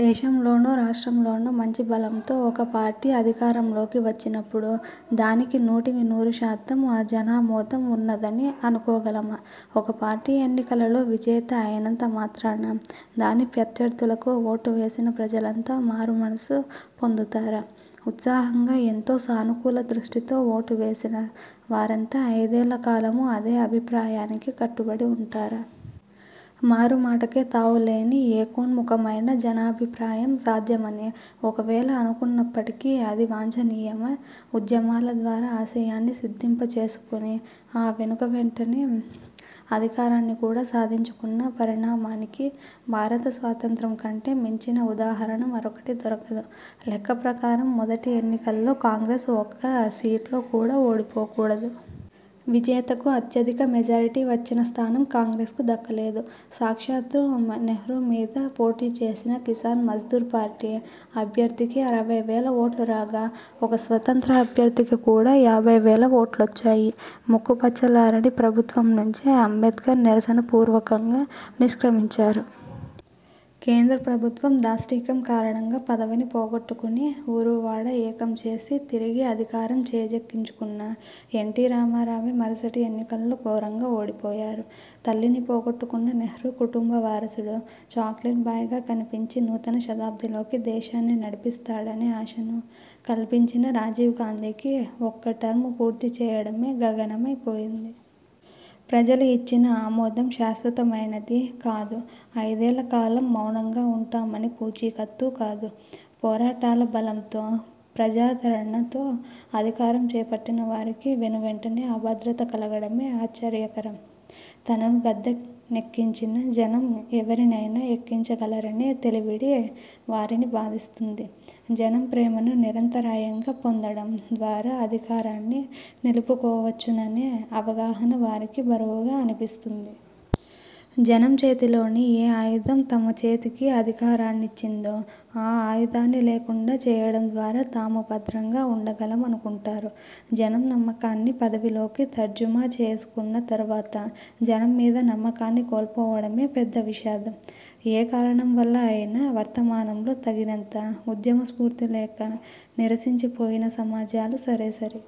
దేశంలోనో, రాష్ట్రంలోనో మంచి బలంతో ఒక పార్టీ అధికారంలోకి వచ్చినప్పుడు, దానికి నూటికి నూరు శాతం జనామోదం ఉన్నదని అనుకోగలమా? ఒక పార్టీ ఎన్నికలలో విజేత అయినంత మాత్రాన, దాని ప్రత్యర్థులకు ఓటు వేసిన ప్రజలంతా మారు మనసు పొందుతారా? ఉత్సాహంగా ఎంతో సానుకూల దృష్టితో ఓటు వేసిన వారంతా అయిదేళ్ల కాలమూ అదే అభిప్రాయానికి కట్టుబడి ఉంటారా? మారు మాటకే తావు లేని ఏకోన్ముఖమైన జనాభిప్రాయం సాధ్యమని ఒకవేళ అనుకున్నప్పటికీ, అది వాంఛనీయమా? ఉద్యమాల ద్వారా ఆశయాన్ని సిద్ధింపజేసుకుని, ఆ వెనువెంటనే అధికారాన్ని కూడా సాధించుకున్న పరిణామానికి భారత స్వాతంత్య్రం కంటే మించిన ఉదాహరణ మరొకటి దొరకదు. లెక్కప్రకారం మొదటి ఎన్నికల్లో కాంగ్రెస్ ఒక్క సీట్లో కూడా ఓడిపోకూడదు. విజేతకు అత్యధిక మెజారిటీ వచ్చిన స్థానం కాంగ్రెస్కు దక్కలేదు. సాక్షాత్తూ నెహ్రూ మీద పోటీచేసిన కిసాన్ మజ్దూర్ ప్రజాపార్టీ అభ్యర్థికి అరవై వేల ఓట్లు రాగా, ఒక స్వతంత్ర అభ్యర్థికి కూడా యాభై వేల ఓట్లొచ్చాయి. ముక్కుపచ్చలారని ప్రభుత్వం నుంచే అంబేడ్కర్ నిరసన పూర్వకంగా నిష్క్రమించారు. కేంద్రప్రభుత్వం దాష్టీకం కారణంగా పదవిని పోగొట్టుకుని, ఊరూవాడా ఏకం చేసి తిరిగి అధికారం చేజిక్కించుకున్న ఎన్టీరామారావే మరుసటి ఎన్నికల్లో ఘోరంగా ఓడిపోయారు. తల్లిని పోగొట్టుకున్న నెహ్రూ కుటుంబ వారసుడు, చాక్లెట్ బాయ్గా కనిపించి నూతన శతాబ్దిలోకి దేశాన్ని నడిపిస్తాడనే ఆశను కల్పించిన రాజీవ్గాంధీకి ఒక్క టర్మ్ పూర్తిచేయడమే గగనమై పోయింది. ప్రజలు ఇచ్చిన ఆమోదం శాశ్వతమైనదీ కాదు, అయిదేళ్ల కాలం మౌనంగా ఉంటామనే పూచీకత్తూ కాదు. పోరాటాల బలంతో, ప్రజాదరణతో అధికారం చేపట్టిన వారికి, వెనువెంటనే అభద్రత కలగడమే ఆశ్చర్యకరం. తనను గద్దెనెక్కించిన జనం ఎవరినైనా ఎక్కించగలరనే తెలివిడి వారిని బాధిస్తుంది. జనం ప్రేమను నిరంతరాయంగా పొందడం ద్వారా అధికారాన్ని నిలుపుకోవచ్చుననే అవగాహన వారికి బరువుగా అనిపిస్తుంది. జనం చేతిలోని ఏ ఆయుధం తమ చేతికి అధికారాన్నిచ్చిందో, ఆ ఆయుధాన్ని లేకుండా చేయడం ద్వారా తాము భద్రంగా ఉండగలమనుకుంటారు. జనం నమ్మకాన్ని పదవిలోకి తర్జుమా చేసుకున్న తరువాత జనం మీద నమ్మకాన్ని కోల్పోవడమే పెద్ద విషాదం. ఏ కారణం వల్ల అయినా వర్తమానంలో తగినంత ఉద్యమస్ఫూర్తి లేక నీరసించిపోయిన సమాజాలు సరేసరి.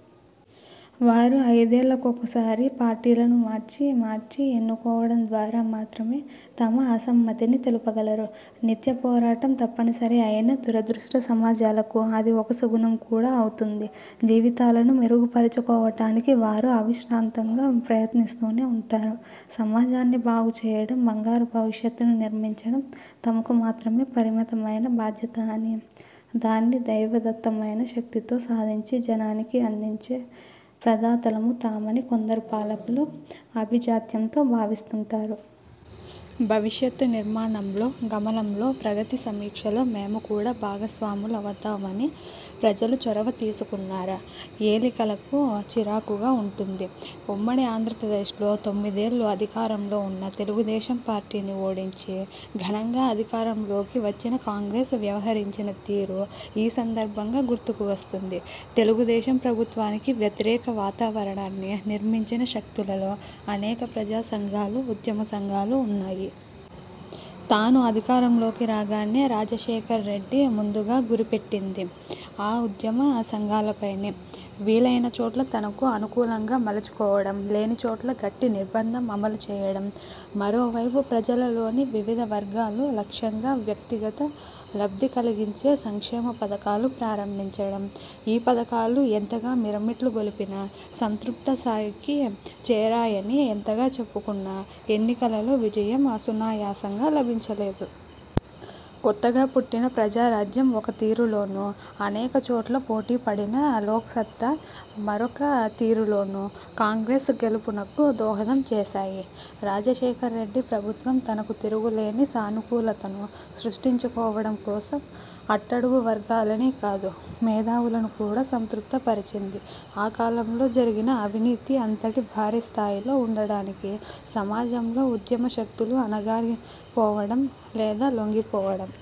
వారు ఐదేళ్లకొకసారి పార్టీలను మార్చి మార్చి ఎన్నుకోవడం ద్వారా మాత్రమే తమ అసమ్మతిని తెలుపగలరు. నిత్యపోరాటం తప్పనిసరి అయిపోయిన దురదృష్ట సమాజాలకు, అది ఒక సుగుణం కూడా అవుతుంది. జీవితాలను మెరుగుపరచుకోవడానికి వారు అవిశ్రాంతంగా ప్రయత్నిస్తూనే ఉంటారు. సమాజాన్ని బాగుచేయడం, బంగారు భవిష్యత్తును నిర్మించడం తమకు మాత్రమే పరిమితమైన బాధ్యత అని, దాన్ని దైవదత్తమైన శక్తితో సాధించి జనానికి అందించే ప్రదాతలము తామని కొందరు పాలకులు ఆభిజాత్యంతో భావిస్తుంటారు. భవిష్యత్తు నిర్మాణంలో, గమనంలో, ప్రగతి సమీక్షలో మేము కూడా భాగస్వాములమవుతామని ప్రజలు చొరవ తీసుకున్నారా, ఏలికలకు చిరాకుగా ఉంటుంది. ఉమ్మడి ఆంధ్రప్రదేశ్లో తొమ్మిదేళ్లు అధికారంలో ఉన్న తెలుగుదేశం పార్టీని ఓడించి, ఘనంగా అధికారంలోకి వచ్చిన కాంగ్రెస్ వ్యవహరించిన తీరు ఈ సందర్భంగా గుర్తుకు వస్తుంది. తెలుగుదేశం ప్రభుత్వానికి వ్యతిరేక వాతావరణాన్ని నిర్మించిన శక్తులలో అనేక ప్రజాసంఘాలు, ఉద్యమ సంఘాలు ఉన్నాయి. తాను అధికారంలోకి రాగానే, రాజశేఖరరెడ్డి ముందుగా గురిపెట్టింది, ఆ ఉద్యమసంఘాలపైనే. వీలయినచోట్ల తనకు అనుకూలంగా మలచుకోవడం, లేనిచోట్ల గట్టి నిర్బంధం అమలుచేయడం. మరోవైపు, ప్రజలలోని వివిధ వర్గాలు లక్ష్యంగా వ్యక్తిగత లబ్ధి కలిగించే సంక్షేమ పథకాలు ప్రారంభించడం. ఈ పథకాలు ఎంతగా మిరుమిట్లు గొలిపినా, సంతృప్తస్థాయికి చేరాయని ఎంతగా చెప్పుకున్నా, ఎన్నికలలో విజయం సునాయాసంగా లభించలేదు. కొత్తగా పుట్టిన ప్రజారాజ్యం ఒక తీరులోను, అనేక చోట్ల పోటీపడిన లోక్సత్తా మరొక తీరులోను, కాంగ్రెస్ గెలుపునకు దోహదం చేశాయి. రాజశేఖరరెడ్డి ప్రభుత్వం తనకు తిరుగులేని సానుకూలతను సృష్టించుకోవడం కోసం, అట్టడుగు వర్గాలనే కాదు, మేధావులను కూడా సంతృప్తిపరిచింది. ఆ కాలంలో జరిగిన అవినీతి అంతటి భారీ స్థాయిలో ఉండడానికి, సమాజంలో ఉద్యమశక్తులు అణగారిపోవడం, లేదా లొంగిపోవడం